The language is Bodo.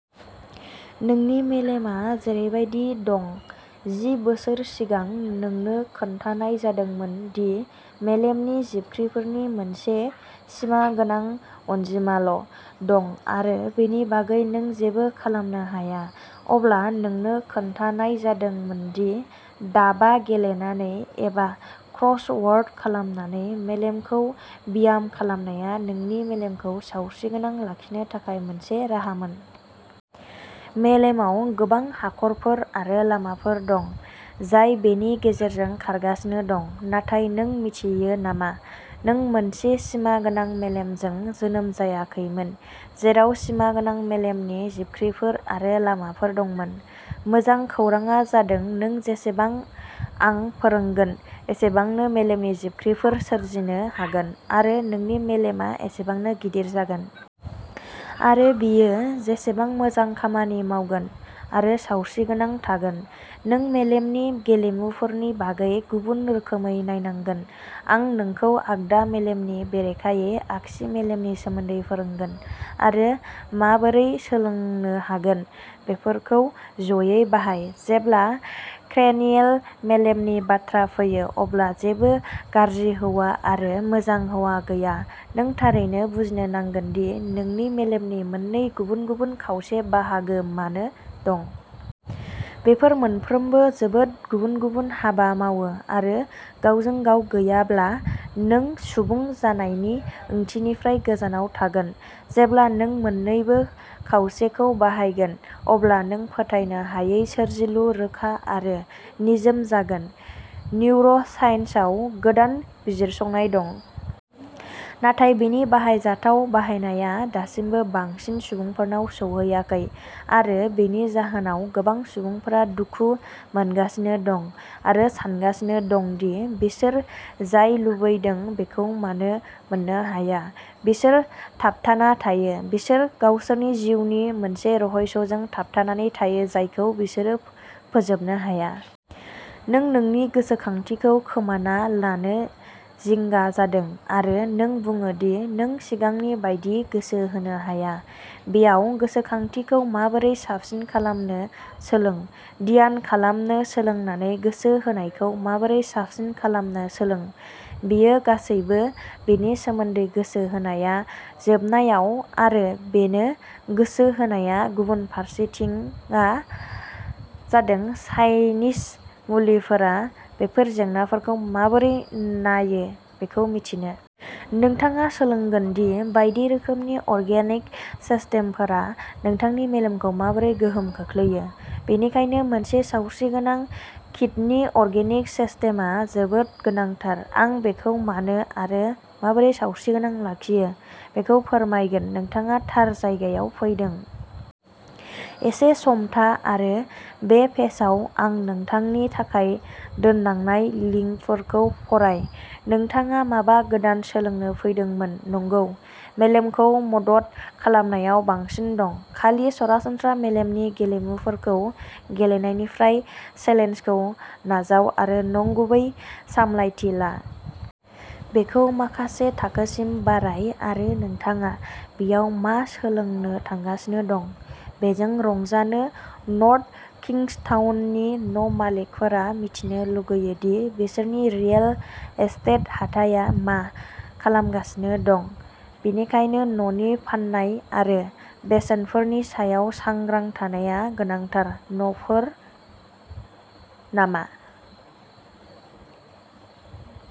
नोंनि मेलेमआ जेरैबादि दं जि बोसोर सिगां, नोंनो खिन्थानाय जादोंमोन दि मेलेमनि जिबख्रिफोरनि मोनसे सिमा गोनां अनजिमाल' दं आरो बेनि बागै नों जेबो खालामनो हाया। अब्ला नोंनो खिन्थानाय जादोंमोन दि दाबा गेलेनानै एबा क्रस वर्ड खालामनानै मेलेमखौ ब्याम खालामनाया नोंनि मेलेमखौ सावस्रिगोनां लाखिनो थाखाय मोनसे राहामोन। मेलेमाव गोबां हाखरफोर आरो लामाफोर दं जाय बेनि गेजेरजों खारगासिनो दं। नाथाय, नों मिन्थियो नामा? नों मोनसे सिमा गोनां मेलेमजों जोनोम जायाखैमोन जेराव सिमा गोनां मेलेमनि जिबख्रिफोर आरो लामाफोर दंमोन। मोजां खौरांआ जादों नों जेसेबां आं फोरोंगोन एसेबांनो मेलेमनि जिबख्रिफोर सोरजिनो हागोन आरो नोंनि मेलेमआ एसेबांनो गिदिर जागोन। आरो बेयो जेसेबां मोजां खामानि मावगोन आरो सावस्रिगोनां थागोन। नों मेलेमनि गेलेमुफोरनि बागै गुबुन रोखोमै नायनांगोन। आं नोंखौ आगदा मेलेमनि बेरेखायै आगसि मेलेमनि सोमोन्दै फोरोंगोन। आरो माबोरै सोलोंनो हागोन। बेफोरखौ जयै बाहाय। जेब्ला क्रेनियेल मेलेमनि बाथ्रा फैयो, अब्ला जेबो गाज्रि हौवा आरो मोजां हौवा गैया नों थारैनो बुजिनो नांगोन दि नोंनि मेलेमनि मोननै गुबुन-गुबुन खावसे बाहागो मानो दं। बेफोर मोनफ्रोमबो जोबोद गुबुन-गुबुन हाबा मावो आरो गावजों-गाव गैयाब्ला, नों सुबुं जानायनि ओंथिनिफ्राय गोजानाव थागोन। जेब्ला नों मोन्नैबो खावसेखौ बाहायगोन, अब्ला नों फोथायनो हायै सोरजिलु, रोखा आरो निजोम जागोन। निउर' साइन्सआव गोदान बिजिरसंनाय दं। नाथाय बेनि बाहायजाथाव बाहायनाया दासिमबो बांसिन सुबुंफोरनाव सौहैयाखै। आरो बेनि जाहोनाव, गोबां सुबुंफोरा दुखु मोनगासिनो दं आरो सानगासिनो दं दि बिसोर जाय लुबैदों बेखौ मानो मोननो हाया। बिसोर थाबथाना थायो। बिसोर गावसोरनि जिउनि मोनसे रहस्यजों थाबथानानै थायो जायखौ बिसोरो फोजोबनो हाया। नों नोंनि गोसोखांथिखौ खोमाना लानो जिंगा जादों आरो नों बुङो दि नों सिगांनि बायदि गोसो होनो हाया? बेयाव गोसोखांथिखौ माबोरै साबसिन खालामनो सोलों। ध्यान खालामनो सोलोंनानै गोसो होनायखौ माबोरै साबसिन खालामनो सोलों। बेयो गासैबो बेनि सोमोन्दै गोसो होनाया, जोबनायाव आरो बेनो गोसो होनाया गुबुन फारसेथिंआ जादों चाइनिज मुलिफोरा बेफोर जेंनाफोरखौ माबोरै नायो बेखौ मिथिनो। नोंथाङा सोलोंगोन दि बायदि रोखोमनि अर्गेन सिस्टेमफोरा नोंथांनि मेलेमखौ माबोरै गोहोम खोख्लैयो। बेनिखायनो मोनसे सावस्रिगोनां किडनि अर्गेन सिस्टेमआ जोबोद गोनांथार। आं बेखौ मानो आरो माबोरै सावस्रिगोनां लाखियो बेखौ फोरमायगोन। नोंथाङा थार जायगायाव फैदों। एसे सम था आरो बे पेजआव आं नोंथांनि थाखाय दोनलांनाय लिंकफोरखौ फराय। नोंथाङा माबा गोदान सोलोंनो फैदोंमोन, नंगौ? मेलेमखौ मदद खालामनायाव बांसिन दं, खालि सरासनस्रा मेलेमनि गेलेमुफोरखौ गेलेनायनिफ्राय। चेलेन्जखौ नाजाव आरो नंगुबै सामलायथि ला। बेखौ माखासे थाखोसिम बाराय आरो नोंथाङा बेयाव मा सोलोंनो थांगासिनो दं बेजों रंजानो नर्थ किंग्सटाउननि न' मालिकफोरा मिथिनो लुगैयो दि बिसोरनि रियेल एस्टेट हाथाया मा खालामगासिनो दं, बेनिखायनो न'नि फान्नाय आरो बेसेनफोरनि सायाव सांग्रां थानाया गोनांथार। न'फोर नामा?